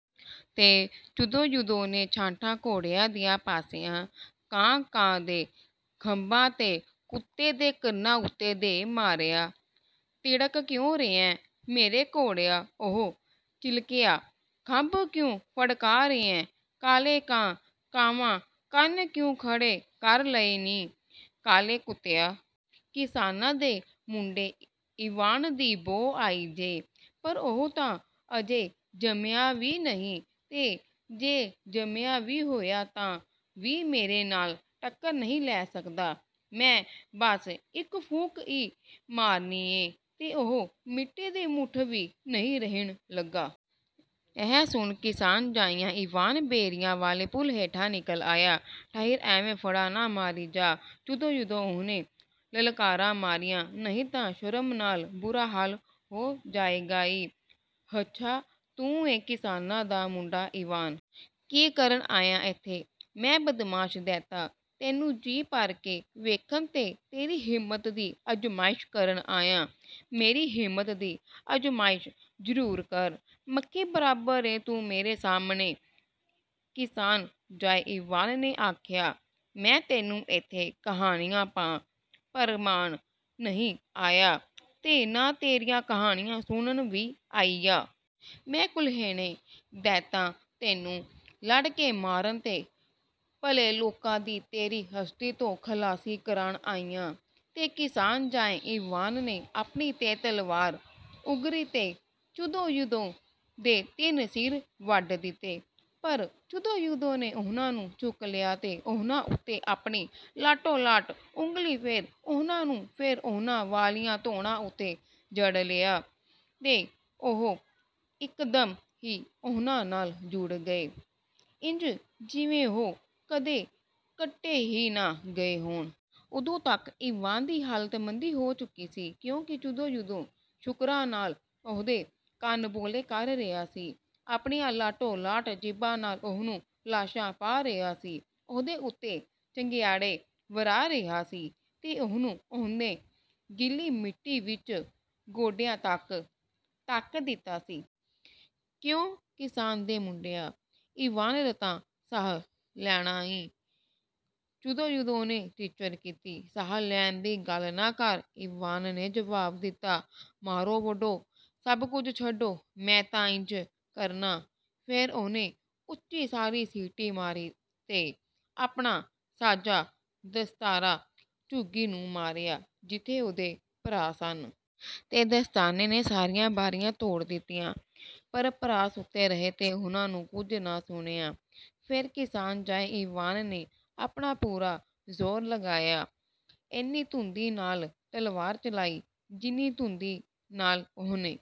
ਤੇ ਚੁਦੋ-ਯੁਦੋ ਨੇ ਛਾਂਟਾ ਘੋੜਿਆਂ ਦੇ ਪਾਸਿਆਂ, ਕਾਂ-ਕਾਂ ਦੇ ਖੰਭਾਂ ਤੇ ਕੁੱਤੇ ਦੇ ਕੰਨਾਂ ਉੱਤੇ ਦੇ ਮਾਰਿਆ। "ਥਿੜਕ ਕਿਉਂ ਰਿਹੈਂ, ਮੇਰੇ ਘੋੜਿਆ?" ਉਹ ਚਿਲਕਿਆ। "ਖੰਭ ਕਿਉਂ ਫੜਕਾ ਰਿਹੈਂ, ਕਾਲੇ ਕਾਂ-ਕਾਂਵਾ? ਕੰਨ ਕਿਉਂ ਖੜੇ ਕਰ ਲਏ ਨੀ, ਕਾਲੇ ਕੁੱਤਿਆ? ਕਿਸਾਨਾਂ ਦੇ ਮੁੰਡੇ ਈਵਾਨ ਦੀ ਬੋ ਆਈ ਜੇ? ਪਰ ਉਹ ਤਾਂ ਅਜੇ ਜੰਮਿਆ ਵੀ ਨਹੀਂ, ਤੇ ਜੇ ਜੰਮਿਆ ਵੀ ਹੋਇਐ, ਤਾਂ ਵੀ ਮੇਰੇ ਨਾਲ ਟੱਕਰ ਨਹੀਂ ਲੈ ਸਕਦਾ। ਮੈਂ ਬਸ ਇੱਕ ਫੂਕ ਈ ਮਾਰਨੀ ਏਂ, ਤੇ ਉਹ ਮਿੱਟੀ ਦੀ ਮੁੱਠ ਵੀ ਨਹੀਂ ਰਹਿਣ ਲੱਗਾ।" ਇਹ ਸੁਣ ਕਿਸਾਨ-ਜਾਇਆ ਈਵਾਨ ਬੇਰੀਆਂ ਵਾਲੇ ਪੁਲ ਹੇਠਾਂ ਨਿਕਲ ਆਇਆ।"ਠਹਿਰ, ਐਵੇਂ ਫੜਾਂ ਨਾ ਮਾਰੀ ਜਾ, ਚੁਦੋ-ਯੁਦੋ," ਉਹਨੇ ਲਲਕਾਰਾ ਮਾਰਿਆ, "ਨਹੀਂ ਤਾਂ ਸ਼ਰਮ ਨਾਲ ਬੁਰਾ ਹਾਲ ਹੋ ਜਾਏਗਾ ਈ।" "ਹੱਛਾ, ਤੂੰ ਏਂ, ਕਿਸਾਨਾਂ ਦਾ ਮੁੰਡਾ ਈਵਾਨ! ਕੀ ਕਰਨ ਆਇਐ ਏਥੇ?" "ਮੈਂ, ਬਦਮਾਸ਼ ਦੈਂਤਾ, ਤੈਨੂੰ ਜੀ ਭਰ ਕੇ ਵੇਖਣ ਤੇ ਤੇਰੀ ਹਿੰਮਤ ਦੀ ਅਜ਼ਮਾਇਸ਼ ਕਰਨ ਆਇਆ!" "ਮੇਰੀ ਹਿੰਮਤ ਦੀ ਅਜ਼ਮਾਇਸ਼ ਜ਼ਰੂਰ ਕਰ! ਮੱਖੀ ਬਰਾਬਰ ਏਂ ਤੂੰ ਮੇਰੇ ਸਾਹਮਣੇ!" ਕਿਸਾਨ-ਜਾਏ ਈਵਾਨ ਨੇ ਆਖਿਆ: "ਮੈਂ ਤੈਨੂੰ ਏਥੇ ਕਹਾਣੀਆਂ ਪਾ ਭਰਮਾਣ ਨਹੀਂ ਆਇਆਂ, ਤੇ ਨਾ ਤੇਰੀਆਂ ਕਹਾਣੀਆਂ ਸੁਣਨ ਵੀ ਆਇਆਂ। ਮੈਂ ਕੁਲਹਿਣੇ ਦੈਤਾਂ, ਤੈਨੂੰ ਲੜ ਕੇ ਮਾਰਨ ਤੇ ਭਲੇ ਲੋਕਾਂ ਦੀ ਤੇਰੀ ਹਸਤੀ ਤੋਂ ਖਲਾਸੀ ਕਰਾਣ ਆਇਆਂ!" ਤੇ ਕਿਸਾਨ-ਜਾਏ ਈਵਾਨ ਨੇ ਆਪਣੀ ਤੇਜ਼ ਤਲਵਾਰ ਉਗਰੀ ਤੇ ਚੁਦੋ-ਯੁਦੋ ਦੇ ਤਿੰਨ ਸਿਰ ਵੱਢ ਦਿੱਤੇ। ਪਰ ਚੁਦੋ-ਯੁਦੋ ਨੇ ਉਹਨਾਂ ਨੂੰ ਚੁੱਕ ਲਿਆ ਤੇ ਉਹਨਾਂ ਉੱਤੇ ਆਪਣੀ ਲਾਟੋ-ਲਾਟ ਉਂਗਲੀ ਫੇਰ ਉਹਨਾਂ ਨੂੰ ਫੇਰ ਉਹਨਾਂ ਵਾਲੀਆਂ ਧੌਣਾਂ ਉੱਤੇ ਜੜ ਲਿਆ, ਤੇ ਉਹ ਇਕਦਮ ਹੀ ਉਹਨਾਂ ਨਾਲ ਜੁੜ ਗਏ, ਇੰਜ ਜਿਵੇਂ ਉਹ ਕਦੀ ਕੱਟੇ ਹੀ ਨਾ ਗਏ ਹੋਣ। ਓਦੋਂ ਤੱਕ ਈਵਾਨ ਦੀ ਹਾਲਤ ਮੰਦੀ ਹੋ ਚੁਕੀ ਸੀ, ਕਿਉਂਕਿ ਚੁਦੋ-ਯੁਦੋ ਸ਼ੂਕਰਾਂ ਨਾਲ ਉਹਦੇ ਕੰਨ ਬੋਲੇ ਕਰ ਰਿਹਾ ਸੀ, ਆਪਣੀਆਂ ਲਾਟੋ-ਲਾਟ ਜੀਭਾਂ ਨਾਲ ਉਹਨੂੰ ਲਾਸ਼ਾਂ ਪਾ ਰਿਹਾ ਸੀ, ਉਹਦੇ ਉੱਤੇ ਚੰਗਿਆੜੇ ਵਰ੍ਹਾ ਰਿਹਾ ਸੀ ਤੇ ਉਹਨੂੰ ਉਹਨੇ ਗਿੱਲੀ ਮਿੱਟੀ ਵਿੱਚ ਗੋਡਿਆਂ ਤੱਕ ਧੱਕ ਦਿੱਤਾ ਸੀ। "ਕਿਉਂ, ਕਿਸਾਨਾਂ ਦੇ ਮੁੰਡਿਆ, ਈਵਾਨ, ਰਤਾ ਸਾਹ ਲੈਣਾ ਈ?" ਚੁਦੋ-ਯੁਦੋ ਨੇ ਟਿੱਚਕਰ ਕੀਤੀ। "ਸਾਹ ਲੈਣ ਦੀ ਗੱਲ ਨਾ ਕਰ," ਈਵਾਨ ਨੇ ਜਵਾਬ ਦਿੱਤਾ। "ਮਾਰੋ, ਵੱਢੋ, ਸਭ ਕੁਝ ਛੱਡੋ, ਮੈਂ ਤਾਂ ਇੰਜ ਕਰਨਾ!" ਫੇਰ ਉਹਨੇ ਉੱਚੀ ਸਾਰੀ ਸੀਟੀ ਮਾਰੀ ਤੇ ਆਪਣਾ ਸੱਜਾ ਦਸਤਾਨਾ ਝੁੱਗੀ ਨੂੰ ਮਾਰਿਆ—ਜਿੱਥੇ ਉਹਦੇ ਭਰਾ ਸਨ। ਤੇ ਦਸਤਾਨੇ ਨੇ ਸਾਰੀਆਂ ਬਾਰੀਆਂ ਤੋੜ ਦਿੱਤੀਆਂ, ਪਰ ਭਰਾ ਸੁੱਤੇ ਰਹੇ ਤੇ ਉਹਨਾਂ ਕੁਝ ਨਾ ਸੁਣਿਆ। ਫੇਰ, ਕਿਸਾਨ-ਜਾਏ ਈਵਾਨ ਨੇ ਆਪਣਾ ਪੂਰਾ ਜ਼ੋਰ ਲਾਇਆ, ਏਨੀ ਤੁੰਦੀ ਨਾਲ ਤਲਵਾਰ ਚਲਾਈ, ਜਿੰਨੀ ਤੁੰਦੀ ਨਾਲ ਉਹਨੇ